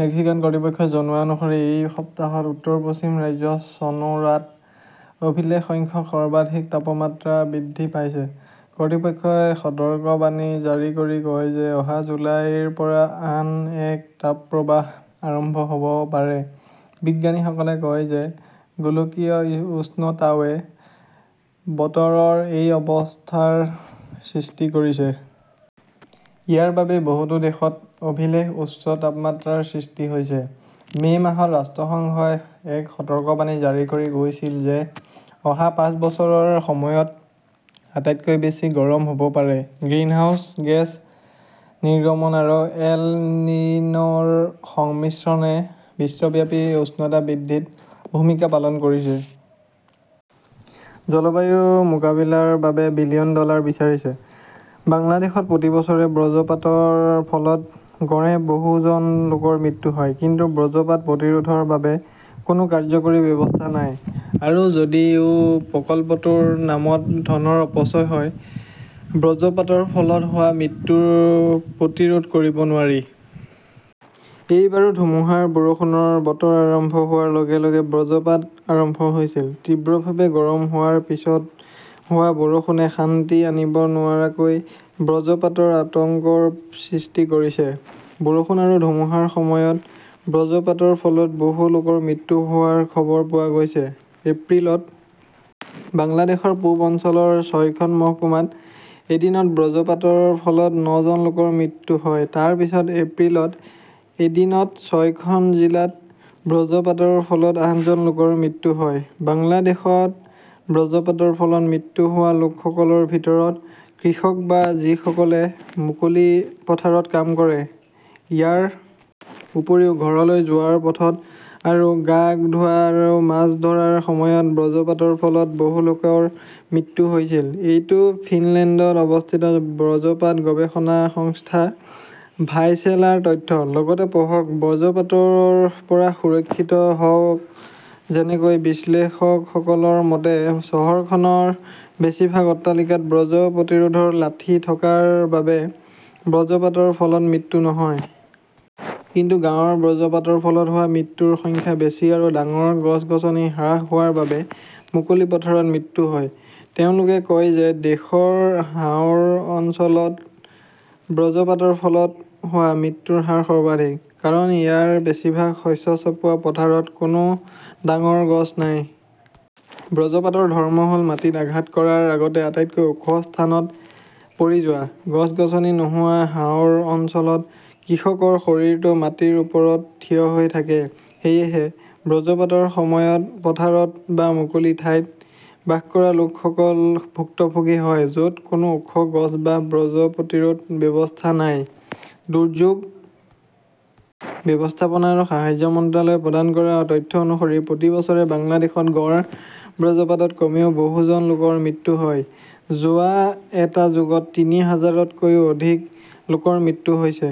Mexican কৰ্তৃপক্ষই জনোৱা অনুসৰি এই সপ্তাহত উত্তৰ-পশ্চিম ৰাজ্য চনোৰাত অভিলেখ সংখ্যক সৰ্বাধিক তাপমাত্ৰা বৃদ্ধি পাইছে। কৰ্তৃপক্ষই সতৰ্কবাণী জাৰি কৰি কয় যে অহা জুলাইৰ পৰা আন এক তাপপ্ৰবাহ আৰম্ভ হ'ব পাৰে। বিজ্ঞানীসকলে কয় যে গোলকীয় উষ্ণতাৱে বতৰৰ এই অৱস্থাৰ সৃষ্টি কৰিছে। ইয়াৰ বাবেই বহুতো দেশত অভিলেখ উচ্চ তাপমাত্ৰাৰ সৃষ্টি হৈছে। মে' মাহত ৰাষ্ট্ৰসংঘই এক সতৰ্কবাণী জাৰি কৰি কৈছিল যে অহা পাঁচ বছৰৰ সময়ত আটাইতকৈ বেছি গৰম হ'ব পাৰে। গ্ৰিনহাউজ গেছ নিৰ্গমন আৰু এল নিন'ৰ সংমিশ্ৰণে বিশ্বব্যাপী উষ্ণতা বৃদ্ধিত ভূমিকা পালন কৰিছে। জলবায়ু মোকাবিলাৰ বাবে বিলিয়ন ডলাৰ বিচাৰিছে। বাংলাদেশত প্ৰতি বছৰে বজ্ৰপাতৰ ফলত গড়ে বহু জন লোকৰ মৃত্যু হয়। কিন্তু বজ্ৰপাত প্ৰতিৰোধৰ বাবে কোনো কাৰ্যকৰী ব্যৱস্থা নাই। আৰু যদিও প্ৰকল্পটোৰ নামত ধনৰ অপচয় হয়, বজ্ৰপাতৰ ফলত হোৱা মৃত্যু প্ৰতিৰোধ কৰিব নোৱাৰি। এইবাৰো ধুমুহাৰ বৰষুণৰ বতৰ আৰম্ভ হোৱাৰ লগে লগে বজ্ৰপাত আৰম্ভ হৈছিল। তীব্ৰভাৱে গৰম হোৱাৰ পিছত হোৱা বৰষুণে শান্তি আনিব নোৱাৰাকৈ বজ্ৰপাতৰ আতংকৰ সৃষ্টি কৰিছে। বৰষুণ আৰু ধুমুহাৰ সময়ত বজ্ৰপাতৰ ফলত বহু লোকৰ মৃত্যু হোৱাৰ খবৰ পোৱা গৈছে। এপ্ৰিলত বাংলাদেশৰ পূব অঞ্চলৰ ছয়খন মহকুমাত এদিনত বজ্ৰপাতৰ ফলত নজন লোকৰ মৃত্যু হয়। তাৰ পিছত এপ্ৰিলত এদিনত ছয়খন জিলাত বজ্ৰপাতৰ ফলত আঠজন লোকৰ মৃত্যু হয়। বাংলাদেশত বজ্ৰপাতৰ ফলত মৃত্যু হোৱা লোকসকলৰ ভিতৰত কৃষক বা যিসকলে মুকলি পথাৰত কাম কৰে। ইয়াৰ উপৰিও, ঘৰলৈ যোৱাৰ পথত আৰু গা ধোৱা আৰু মাছ ধৰাৰ সময়ত বজ্ৰপাতৰ ফলত বহুলোকৰ মৃত্যু হৈছিল। এইটো ফিনলেণ্ডত অৱস্থিত বজ্ৰপাত গৱেষণা সংস্থা ভাইচেলাৰ তথ্য। লগতে পঢ়কঃ বজ্ৰপাতৰ পৰা সুৰক্ষিত হওঁক যেনেকৈ বিশ্লেষকসকলৰ মতে, চহৰখনৰ বেছিভাগ অট্টালিকাত বজ্ৰ প্ৰতিৰোধৰ লাঠি থকাৰ বাবে বজ্ৰপাতৰ ফলত মৃত্যু নহয়। কিন্তু গাঁৱত বজ্ৰপাতৰ ফলত হোৱা মৃত্যুৰ সংখ্যা বেছি আৰু ডাঙৰ গছ-গছনি হ্ৰাস হোৱাৰ বাবে মুকলি পথাৰত মৃত্যু হয়। তেওঁলোকে কয় যে দেশৰ হাওৰ অঞ্চলত বজ্ৰপাতৰ ফলত হোৱা মৃত্যুৰ হাৰ সৰ্বাধিক। কাৰণ ইয়াৰ বেছিভাগ শস্য চপোৱা পথাৰত কোনো ডাঙৰ গছ নাই। বজ্ৰপাতৰ ধৰ্ম হ'ল মাটিত আঘাত কৰাৰ আগতে আটাইতকৈ ওখ স্থানত পৰি যোৱা। গছ-গছনি নোহোৱা হাওৰ অঞ্চলত কৃষকৰ শৰীৰটো মাটিৰ ওপৰত থিয় হৈ থাকে। সেয়েহে বজ্ৰপাতৰ সময়ত পথাৰত বা মুকলি ঠাইত বাস কৰা লোকসকল ভুক্তভোগী হয় য'ত কোনো ওখ গছ বা বজ্ৰ প্ৰতিৰোধ ব্যৱস্থা নাই। দুৰ্যোগ ব্যৱস্থাপনা আৰু সাহায্য মন্ত্ৰালয়ে প্ৰদান কৰা তথ্য অনুসৰি প্ৰতি বছৰে বাংলাদেশত গড় বজ্ৰপাতত কমেও বহুজন লোকৰ মৃত্যু হয়। যোৱা এটা যুগত তিনি হাজাৰতকৈও অধিক লোকৰ মৃত্যু হৈছে।